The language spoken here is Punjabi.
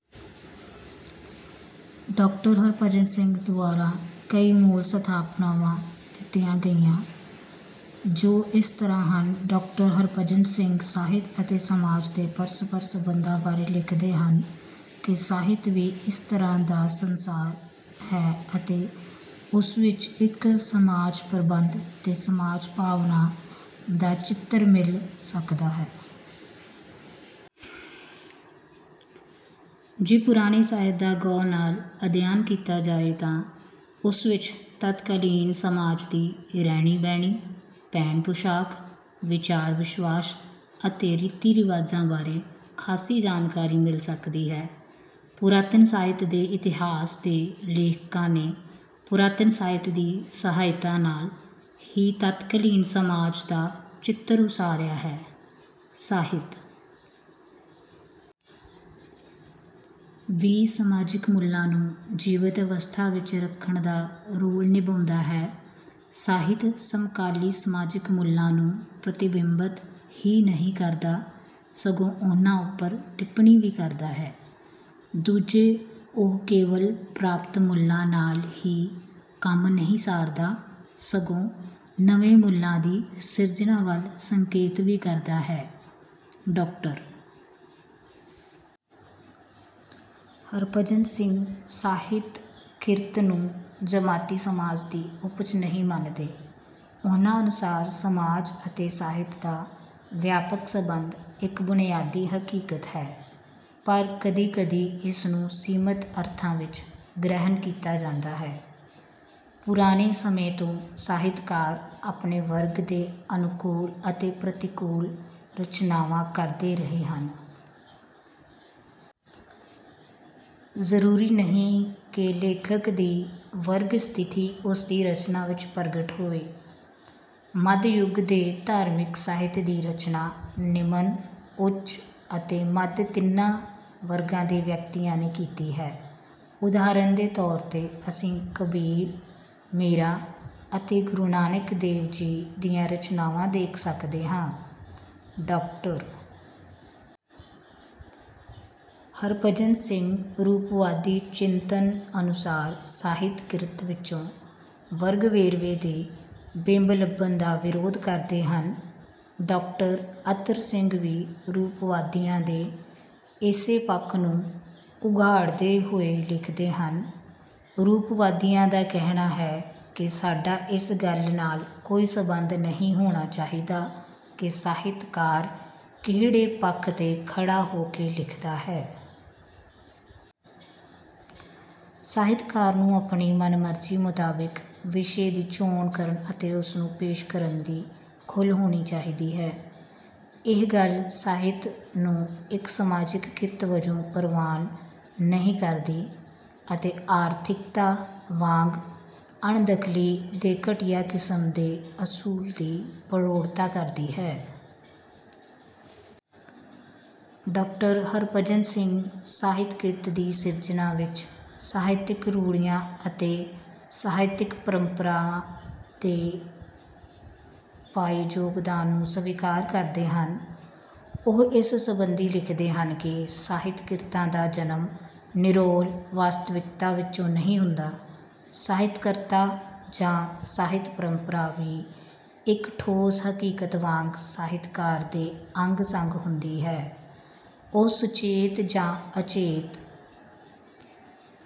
ਡਾਕਟਰ ਹਰਿਭਜਨ ਸਿੰਘ ਦੁਆਰਾ ਕਈ ਮੂਲ ਸਥਾਪਨਾਵਾਂ ਦਿੱਤੀਆਂ ਗਈਆਂ, ਜੋ ਇਸ ਤਰ੍ਹਾਂ ਹਨ ਡਾਕਟਰ ਹਰਿਭਜਨ ਸਿੰਘ ਸਾਹਿਤ ਅਤੇ ਸਮਾਜ ਦੇ ਪਰਸਪਰ ਸੰਬੰਧਾਂ ਬਾਰੇ ਲਿਖਦੇ ਹਨ ਕਿ ਸਾਹਿਤ ਵੀ ਇੱਕ ਤਰ੍ਹਾਂ ਦਾ ਸੰਸਾਰ ਹੈ ਅਤੇ ਉਸ ਵਿੱਚ ਵੀ ਇੱਕ ਸਮਾਜ-ਪ੍ਰਬੰਧ ਤੇ ਸਮਾਜ-ਭਾਵਨਾ ਦਾ ਚਿੱਤਰ ਮਿਲ ਸਕਦਾ ਹੈ। ਜੇ ਪੁਰਾਣੇ ਸਾਹਿਤ ਦਾ ਗਹੁ ਨਾਲ ਅਧਿਐਨ ਕੀਤਾ ਜਾਵੇ ਤਾਂ ਉਸ ਵਿੱਚ ਤਤਕਾਲੀਨ ਸਮਾਜ ਦੀ ਰਹਿਣੀ-ਬਹਿਣੀ, ਪਹਿਨ-ਪੁਸ਼ਾਕ, ਵਿਚਾਰ-ਵਿਸ਼ਵਾਸ ਅਤੇ ਰੀਤੀ-ਰਿਵਾਜਾਂ ਬਾਰੇ ਖਾਸੀ ਜਾਣਕਾਰੀ ਮਿਲ ਸਕਦੀ ਹੈ। ਪੁਰਾਤਨ ਸਾਹਿਤ ਦੇ ਇਤਿਹਾਸ ਦੇ ਲੇਖਕਾਂ ਨੇ ਪੁਰਾਤਨ ਸਾਹਿਤ ਦੀ ਸਹਾਇਤਾ ਨਾਲ ਹੀ ਤਤਕਾਲੀਨ ਸਮਾਜ ਦਾ ਚਿੱਤਰ ਉਸਾਰਿਆ ਹੈ। ਸਾਹਿਤ ਵੀ ਸਮਾਜਿਕ ਮੁੱਲਾਂ ਨੂੰ ਜੀਵੰਤ ਅਵਸਥਾ ਵਿੱਚ ਰੱਖਣ ਦਾ ਰੋਲ ਨਿਭਾਉਂਦਾ ਹੈ। ਸਾਹਿਤ ਸਮਕਾਲੀ ਸਮਾਜਿਕ ਮੁੱਲਾਂ ਨੂੰ ਪ੍ਰਤੀਬਿੰਬਤ ਹੀ ਨਹੀਂ ਕਰਦਾ, ਸਗੋਂ ਉਨ੍ਹਾਂ ਉੱਪਰ ਟਿੱਪਣੀ ਵੀ ਕਰਦਾ ਹੈ। ਦੂਜੇ, ਉਹ ਕੇਵਲ ਪ੍ਰਾਪਤ ਮੁੱਲਾਂ ਨਾਲ ਹੀ ਕੰਮ ਨਹੀਂ ਸਾਰਦਾ, ਸਗੋਂ ਨਵੇਂ ਮੁੱਲਾਂ ਦੀ ਸਿਰਜਣਾ ਵੱਲ ਸੰਕੇਤ ਵੀ ਕਰਦਾ ਹੈ। ਡਾਕਟਰ ਹਰਿਭਜਨ ਸਿੰਘ ਸਾਹਿਤ-ਕਿਰਤ ਨੂੰ ਜਮਾਤੀ ਸਮਾਜ ਦੀ ਉਪਜ ਨਹੀਂ ਮੰਨਦੇ। ਉਨ੍ਹਾਂ ਅਨੁਸਾਰ ਸਮਾਜ ਅਤੇ ਸਾਹਿਤ ਦਾ ਵਿਆਪਕ ਸੰਬੰਧ ਇੱਕ ਬੁਨਿਆਦੀ ਹਕੀਕਤ ਹੈ, ਪਰ ਕਦੀ-ਕਦੀ ਇਸਨੂੰ ਸੀਮਿਤ ਅਰਥਾਂ ਵਿੱਚ ਗ੍ਰਹਿਣ ਕੀਤਾ ਜਾਂਦਾ ਹੈ। ਪੁਰਾਣੇ ਸਮੇਂ ਤੋਂ ਸਾਹਿਤਕਾਰ ਆਪਣੇ ਵਰਗ ਦੇ ਅਨੁਕੂਲ ਅਤੇ ਪ੍ਰਤਿਕੂਲ ਰਚਨਾਵਾਂ ਕਰਦੇ ਰਹੇ ਹਨ। ਜ਼ਰੂਰੀ ਨਹੀਂ ਕਿ ਲੇਖਕ ਦੀ ਵਰਗ-ਸਥਿਤੀ ਉਸਦੀ ਰਚਨਾ ਵਿੱਚ ਪ੍ਰਗਟ ਹੋਵੇ। ਮੱਧਯੁਗ ਦੇ ਧਾਰਮਿਕ ਸਾਹਿਤ ਦੀ ਰਚਨਾ ਨਿਮਨ, ਉੱਚ ਅਤੇ ਮੱਧ ਤਿੰਨਾਂ ਵਰਗਾਂ ਦੇ ਵਿਅਕਤੀਆਂ ਨੇ ਕੀਤੀ ਹੈ। ਉਦਾਹਰਨ ਦੇ ਤੌਰ ’ਤੇ ਅਸੀਂ ਕਬੀਰ, ਮੀਰਾ ਅਤੇ ਗੁਰੂ ਨਾਨਕ ਦੇਵ ਜੀ ਦੀਆਂ ਰਚਨਾਵਾਂ ਦੇਖ ਸਕਦੇ ਹਾਂ। ਡਾਕਟਰ ਹਰਿਭਜਨ ਸਿੰਘ ਰੂਪਵਾਦੀ ਚਿੰਤਨ ਅਨੁਸਾਰ ਸਾਹਿਤ-ਕਿਰਤ ਵਿੱਚੋਂ ਵਰਗ-ਵੇਰਵੇ ਦੇ ਬਿੰਬ ਲੱਭਣ ਦਾ ਵਿਰੋਧ ਕਰਦੇ ਹਨ। ਡਾਕਟਰ ਅਤਰ ਸਿੰਘ ਵੀ ਰੂਪਵਾਦੀਆਂ ਦੇ ਇਸੇ ਪੱਖ ਨੂੰ ਉਘਾੜਦੇ ਹੋਏ ਲਿਖਦੇ ਹਨ “ਰੂਪਵਾਦੀਆਂ ਦਾ ਕਹਿਣਾ ਹੈ ਕਿ ਸਾਡਾ ਇਸ ਗੱਲ ਨਾਲ ਕੋਈ ਸਬੰਧ ਨਹੀਂ ਹੋਣਾ ਚਾਹੀਦਾ ਕਿ ਸਾਹਿਤਕਾਰ ਕਿਹੜੇ ਪੱਖ ’ਤੇ ਖੜ੍ਹਾ ਹੋ ਕੇ ਲਿਖਦਾ ਹੈ। ਸਾਹਿਤਕਾਰ ਨੂੰ ਆਪਣੀ ਮਨ-ਮਰਜ਼ੀ ਮੁਤਾਬਿਕ ਵਿਸ਼ੇ ਦੀ ਚੋਣ ਕਰਨ ਅਤੇ ਉਸਨੂੰ ਪੇਸ਼ ਕਰਨ ਦੀ ਖੁੱਲ੍ਹ ਹੋਣੀ ਚਾਹੀਦੀ ਹੈ।”ਇਹ ਗੱਲ ਸਾਹਿਤ ਨੂੰ ਇੱਕ ਸਮਾਜਿਕ ਕਿਰਤ ਵਜੋਂ ਪ੍ਰਵਾਨ ਨਹੀਂ ਕਰਦੀ ਅਤੇ ਆਰਥਿਕਤਾ ਵਾਂਗ ਅਣਦਖਲੀ ਦੇ ਘਟੀਆ ਕਿਸਮ ਦੇ ਅਸੂਲ ਦੀ ਪ੍ਰੋੜਤਾ ਕਰਦੀ ਹੈ। ਡਾਕਟਰ ਹਰਿਭਜਨ ਸਿੰਘ ਸਾਹਿਤ-ਕਿਰਤ ਦੀ ਸਿਰਜਣਾ ਵਿੱਚ ਸਾਹਿਤਕ ਰੂੜ੍ਹੀਆਂ ਅਤੇ ਸਾਹਿਤਕ-ਪਰੰਪਰਾ ਦੇ ਪਾਏ ਯੋਗਦਾਨ ਨੂੰ ਸਵੀਕਾਰ ਕਰਦੇ ਹਨ। ਉਹ ਇਸ ਸਬੰਧੀ ਲਿਖਦੇ ਹਨ ਕਿ ਸਾਹਿਤ-ਕਿਰਤਾਂ ਦਾ ਜਨਮ ਨਿਰੋਲ ਵਾਸਤਵਿਕਤਾ ਵਿੱਚੋਂ ਨਹੀਂ ਹੁੰਦਾ। ‘ਸਾਹਿਤਕਤਾ’ ਜਾਂ ‘ਸਾਹਿਤ-ਪਰੰਪਰਾ’ ਵੀ ਇੱਕ ਠੋਸ ਹਕੀਕਤ ਵਾਂਗ ਸਾਹਿਤਕਾਰ ਦੇ ਅੰਗ-ਸੰਗ ਹੁੰਦੀ ਹੈ। ਉਹ ਸੁਚੇਤ ਜਾਂ ਅਚੇਤ…